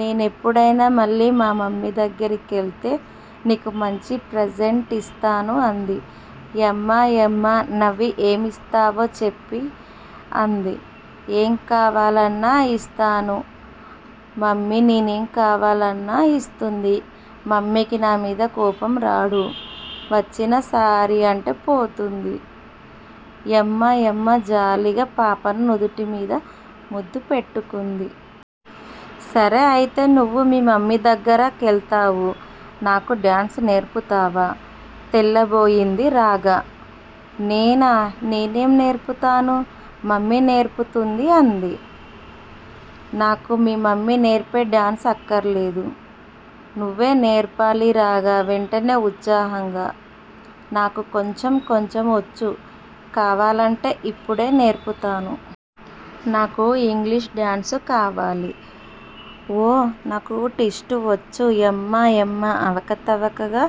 నేనెప్పుడైనా మళ్ళీ మా మమ్మీ దగ్గర కెళ్తే నీకు మంచి ప్రజెంట్ ఇస్తాను, అంది. యమ్మాయమ్మ నవ్వి ఏమిస్తావో చెప్పి అంది. ఏం కావాలన్నా యిస్తాను. మమ్మీ నేనేం కావాలన్నా యిస్తుంది. మమ్మికి నామీద కోపం రాడు. వచ్చినా సారీ అంటే పోతుంది యమ్మాయమ్మ జాలిగా పాపను నుదుటి మీద ముద్దు పెట్టుకుంది. సరే అయితే నువు మీ మమ్మీ దగ్గర కెళ్ళావు నాకు డాన్సు నేర్పుతావా? తెల్లబోయింది రాగ. నేనా? నేనేం నేర్పుతాను. మమ్మీ నేర్పుతుంది. అంది. నాకు మీ మమ్మీ నేర్పే డాన్సు అక్కరలేదు. నువే నేర్పాలి రాగ వెంటనే ఉత్సాహంగా. నాకు కొంచెం కొంచెం వొచ్చు కావాలంటే ఇప్పుడే నేర్పుతాను. నాకు ఇంగ్లీషు డాన్సు కావాలి. ఓ! నాకు టిస్ట్ ఒచ్చు యమ్మాయమ్మ అవకతవకగా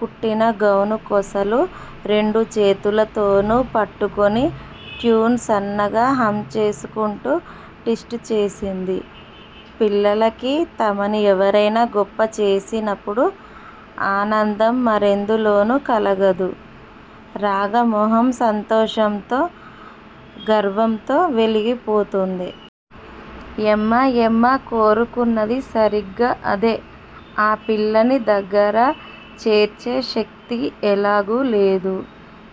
కుట్టిన గౌను కొసలు రెండు చేతులతోనూ పట్టుకుని ట్యూన్ సన్నగా హమ్ చేసుకుంటూ టిస్ట్ చేసింది. పిల్లలకి తమని ఎవరేనా గొప్ప చేసినపుడు అనందం మరెందులోనూ కలగదు. రాగ మొహం సంతోషంతో, గర్వమ్తో వెలిగిపోతోంది. యమ్మాయమ్మ కోరుకున్నది సరిగ్గా అదే ఆ పిల్లని దగ్గర చేర్చే శక్తి ఎలాగూ లేదు.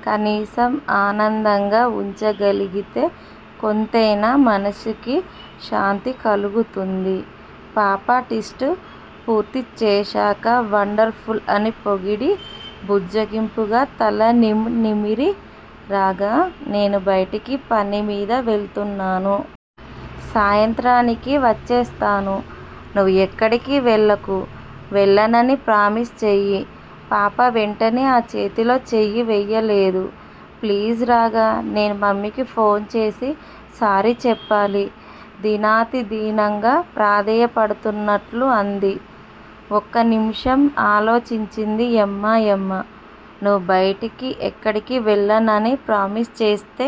కనీసం ఆనందంగా వుంచగలిగితే కొంతైనా మనసుకి శాంతి కలుగుతుంది. పాప టిస్ట్ పూర్తీ చేశాక వండర్ ఫుల్ అని పొగిడి బుజ్జగింపుగా తల నిమ్, నిమిరి, రాగా! నేను బయటికి పని మీద వెళ్తున్నాను. సాయంత్రానికి వచ్చేస్తాను. నువు ఎక్కడికి వేళ్ళకు. వెళ్ళనని ప్రామిస్ చెయ్యి. పాప వెంటనే ఆ చేతిలో చెయ్యి వెయ్యలేదు. ప్లీజ్ రాగా! నేను మమ్మికి ఫోన్ చేసి సారీ చెప్పాలి దినాతిదీనంగా ప్రాధేయపడుతున్నట్లు అంది. ఒక్క నిమిషం ఆలోచించింది యమ్మాయమ్మ. నువు బయటికి ఎక్కడికి వెళ్ళనని ప్రామిస్ చేస్తే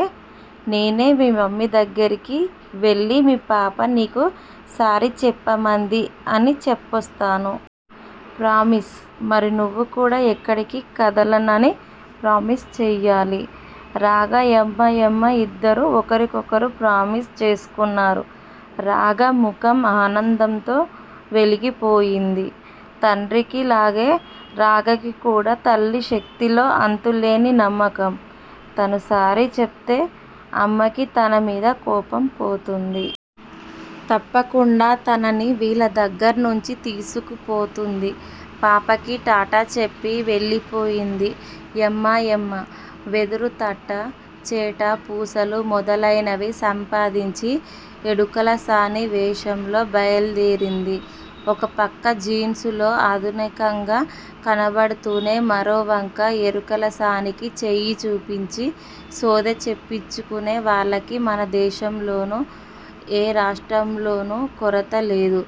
నేనే మీ మమ్మీ దగ్గరికి వెళ్ళి మీ పాప మీకు సారీ చెప్పమంది అని చెప్పోస్తాను. ప్రామిస్? మరి నువు కూడా ఎక్కడికి కదలనని ప్రామిస్ చెయ్యాలి. రాగ యమ్మాయమ్మ యిద్దరూ ఒకరినొకరు ప్రామిస్ చేసుకున్నారు రాగ ముఖం ఆనందంతో వెలిగిపోయింది. తండ్రికి లాగే రాగకి కూడా తల్లి శక్తిలో అంతులేని నమ్మకం. తను సారీ చెప్తే అమ్మకి తనమీద కోపం పోతుంది. తప్పకుండా తనని వీళ్ళ దగ్గర్నుంచి తీసుకుపోతుంది. పాపకి టాటా చెప్పి వెళ్ళిపోయింది యమ్మాయమ్మ. వెదురు తట్ట, చేట, పూసలు మొదలినవి సంపాదించి ఎడుకులసాని వేషంలో బయల్దేరింది. ఒకపక్క జీన్సులో ఆధునికంగా కనపడుతూనే మరో వంక ఎరుకులసానికి చెయ్యి చూపించి సోదె చెప్పించుకునే వాళ్ళకి మనదేశంలోను, ఏ రాష్ట్రంలోను కొరత లేదు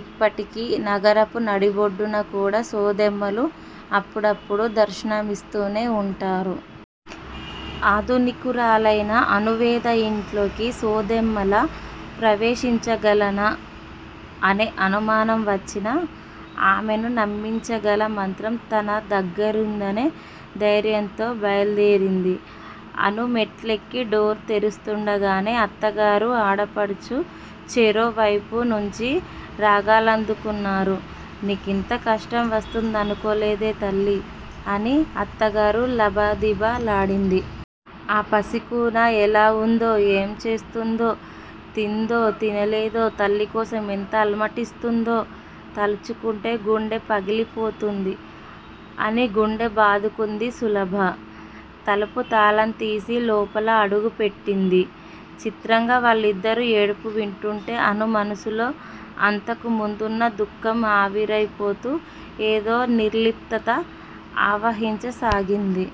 ఇప్పటికి నగరపు నడిబొడ్డున కూడా సోదెమ్మలు అప్పుడప్పుడు దర్శనమిస్తూనే వుంటారు. ఆధునికురాలైన అణువేద యింట్లోకి సోదేమ్మలా ప్రవేశించగలనా అనే అనుమానం వచ్చినా ఆమెను నమ్మించగల మంత్రం తన దగ్గిరుందనే ధైర్యంతో బయల్దేరింది. అణు మెట్లెక్కి డోర్ తెరుస్తుండగానే అత్తగారూ, ఆడపడుచు చెరో వైపు నుంచి రాగాలందుకున్నారు. నీకింత కష్టం వస్తుందనుకోలేదే తల్లి! అని అత్తగారు లబదిబ లాడింది. ఆ పసికూన ఎలా వుందో? ఏం చేస్తోందో? తిందో తినలేదో? తల్లికోసం ఎంత అలమటిస్తుందో? తలచుకుంటే గుండె పగిలిపోతోంది అని గుండె బాదుకుంది సులభ. తలుపు తాళం తీసి లోపల అడుగు పెట్టింది. చిత్రంగా వాళ్ళిద్దరూ ఏడుపులు వింటుంటే అణు మనసులో అంతకుముందున్న దుఖం ఆవిరైపోతూ ఏదో నిర్లిప్తత ఆవహించసాగింది.